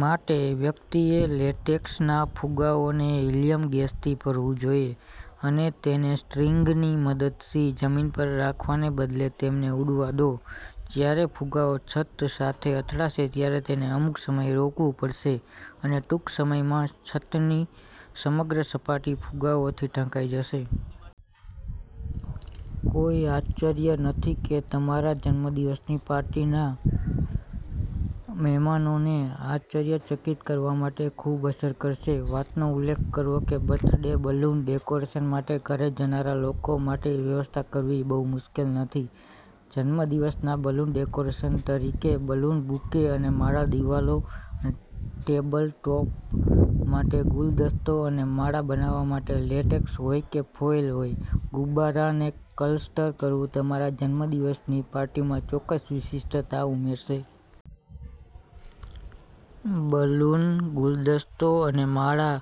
માટે, વ્યક્તિએ લેટેક્સના ફુગ્ગાઓને હિલીયમ ગેસથી ભરવું જોઈએ અને, તેને સ્ટ્રિંગની મદદથી જમીન પર રાખવાને બદલે, તેમને ઉડવા દો. જ્યારે ફુગ્ગાઓ છત સાથે અથડાશે ત્યારે તેને અમુક સમયે રોકવું પડશે અને ટૂંક સમયમાંછતની સમગ્ર સપાટી ફુગ્ગાઓથી ઢંકાઈ જશે. કોઈ આશ્ચર્ય નથી કેતમારા જન્મદિવસની પાર્ટીના મહેમાનોને આશ્ચર્યચકિત કરવા માટે ખૂબ અસર કરશે. વાતનો ઉલ્લેખકરવો કે બર્થડે બલૂન ડેકોરેશન માટે ઘરે જનારા લોકો માટેવ્યવસ્થા કરવી બહુ મુશ્કેલ નથી. જન્મદિવસના બલૂન ડેકોરેશન તરીકે બલૂન બુકે અને માળા દીવાલો ટેબલ ટોપ માટે ગુલદસ્તો અને માળા બનાવવા માટે, લેટેક્સ હોય કે ફોઈલ હોય, ગુબ્બારાને ક્લસ્ટર કરવું તમારા જન્મદિવસની પાર્ટીમાં ચોક્કસ વિશિષ્ટતા ઉમેરશે. બલૂન ગુલદસ્તો અને માળા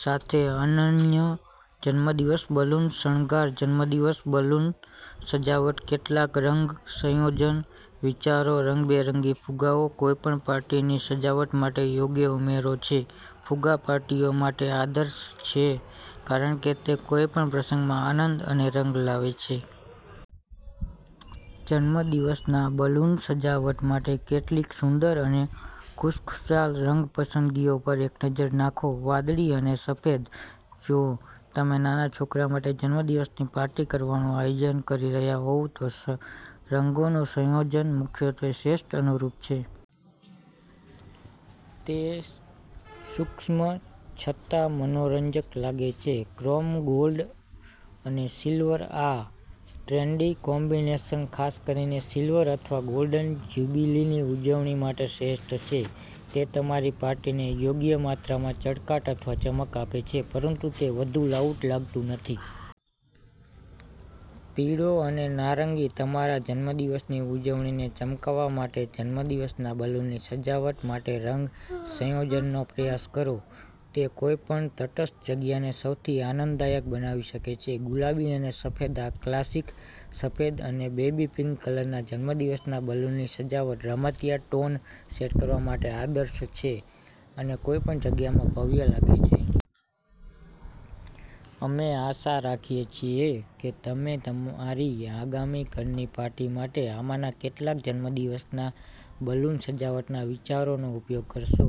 સાથે અનન્ય જન્મદિવસ બલૂન શણગાર જન્મદિવસ બલૂન સજાવટકેટલાક રંગ સંયોજન વિચારો રંગબેરંગી ફુગ્ગાઓ કોઈપણ પાર્ટીની સજાવટ માટે યોગ્ય ઉમેરો છે, ફુગ્ગા પાર્ટીઓ માટે આદર્શ છે કારણ કે તે કોઈપણ પ્રસંગમાં આનંદ અને રંગ લાવે છે. જન્મદિવસના બલૂન સજાવટ માટે કેટલીક સુંદર અને ખુશખુશાલ રંગ પસંદગીઓ પર એક નજર નાખો. વાદળી અને સફેદજો તમે નાના છોકરા માટે જન્મદિવસની પાર્ટી કરવાનું આયોજન કરી રહ્યા હોવ તો રંગોનુંસંયોજન મુખ્યત્વે શ્રેષ્ઠ અનુરૂપ છે. તે સૂક્ષ્મ છતાં મનોરંજક લાગે છે. ક્રોમ ગોલ્ડ અને સિલ્વરઆ ટ્રેન્ડી કોમ્બિનેશન ખાસ કરીને સિલ્વર અથવા ગોલ્ડન જ્યુબિલીની ઉજવણી માટે શ્રેષ્ઠ છે. તે તમારી પાર્ટીને યોગ્ય માત્રામાં ચળકાટ અથવા ચમક આપે છે પરંતુ તે વધુ લાઉડ લાગતું નથી. પીળો અને નારંગીતમારા જન્મદિવસની ઉજવણીને ચમકાવવા માટે, જન્મદિવસના બલૂનની સજાવટ માટેરંગ સંયોજનનો પ્રયાસ કરો. તે કોઈપણ તટસ્થ જગ્યાને સૌથી આનંદદાયક બનાવી શકે છે. ગુલાબી અને સફેદઆ ક્લાસિક સફેદ અને બેબી પિંક કલરના જન્મદિવસના બલૂનની સજાવટ રમતિયાળ ટોન સેટ કરવા માટે આદર્શ છે અને કોઈપણ જગ્યામાં ભવ્ય લાગે છે. અમે આશા રાખીએ છીએ કે તમે તમારી આગામી ઘરની પાર્ટી માટે આમાંના કેટલાક જન્મદિવસના બલૂન સજાવટના વિચારોનો ઉપયોગ કરશો.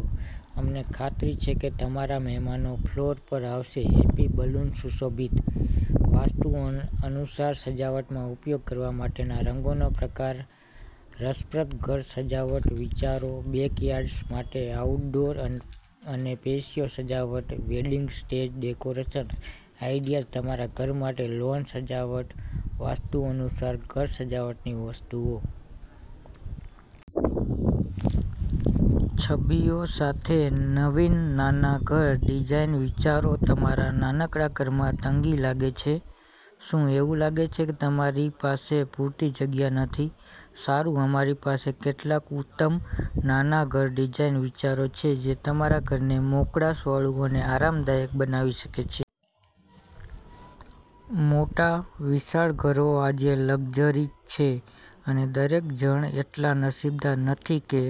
અમને ખાતરી છે કે તમારા મહેમાનો ફ્લોર પર આવશે. હેપી બલૂન સુશોભિત! વાસ્તુ અનુસાર સજાવટમાં ઉપયોગ કરવા માટેના રંગોના પ્રકાર રસપ્રદ ઘર સજાવટ વિચારો બેકયાર્ડ્સ માટે આઉટડોર અને પેશિયો સજાવટ વેડિંગ સ્ટેજ ડેકોરેશન આઈડિયાઝ તમારા ઘર માટે લૉન સજાવટ વાસ્તુ અનુસાર ઘર સજાવટની વસ્તુઓ. છબીઓ સાથે નવીન નાના ઘર ડિઝાઇન વિચારો તમારા નાનકડા ઘરમાં તંગી લાગે છે? શું એવું લાગે છે કે તમારી પાસે પૂરતી જગ્યા નથી? સારું, અમારી પાસે કેટલાક ઉત્તમ નાના ઘર ડિઝાઇન વિચારો છે જે તમારા ઘરને મોકળાશવાળું અને આરામદાયક બનાવી શકે છે. મોટા, વિશાળ ઘરો આજે લક્ઝરી છે અને દરેક જણ એટલા નસીબદાર નથી કે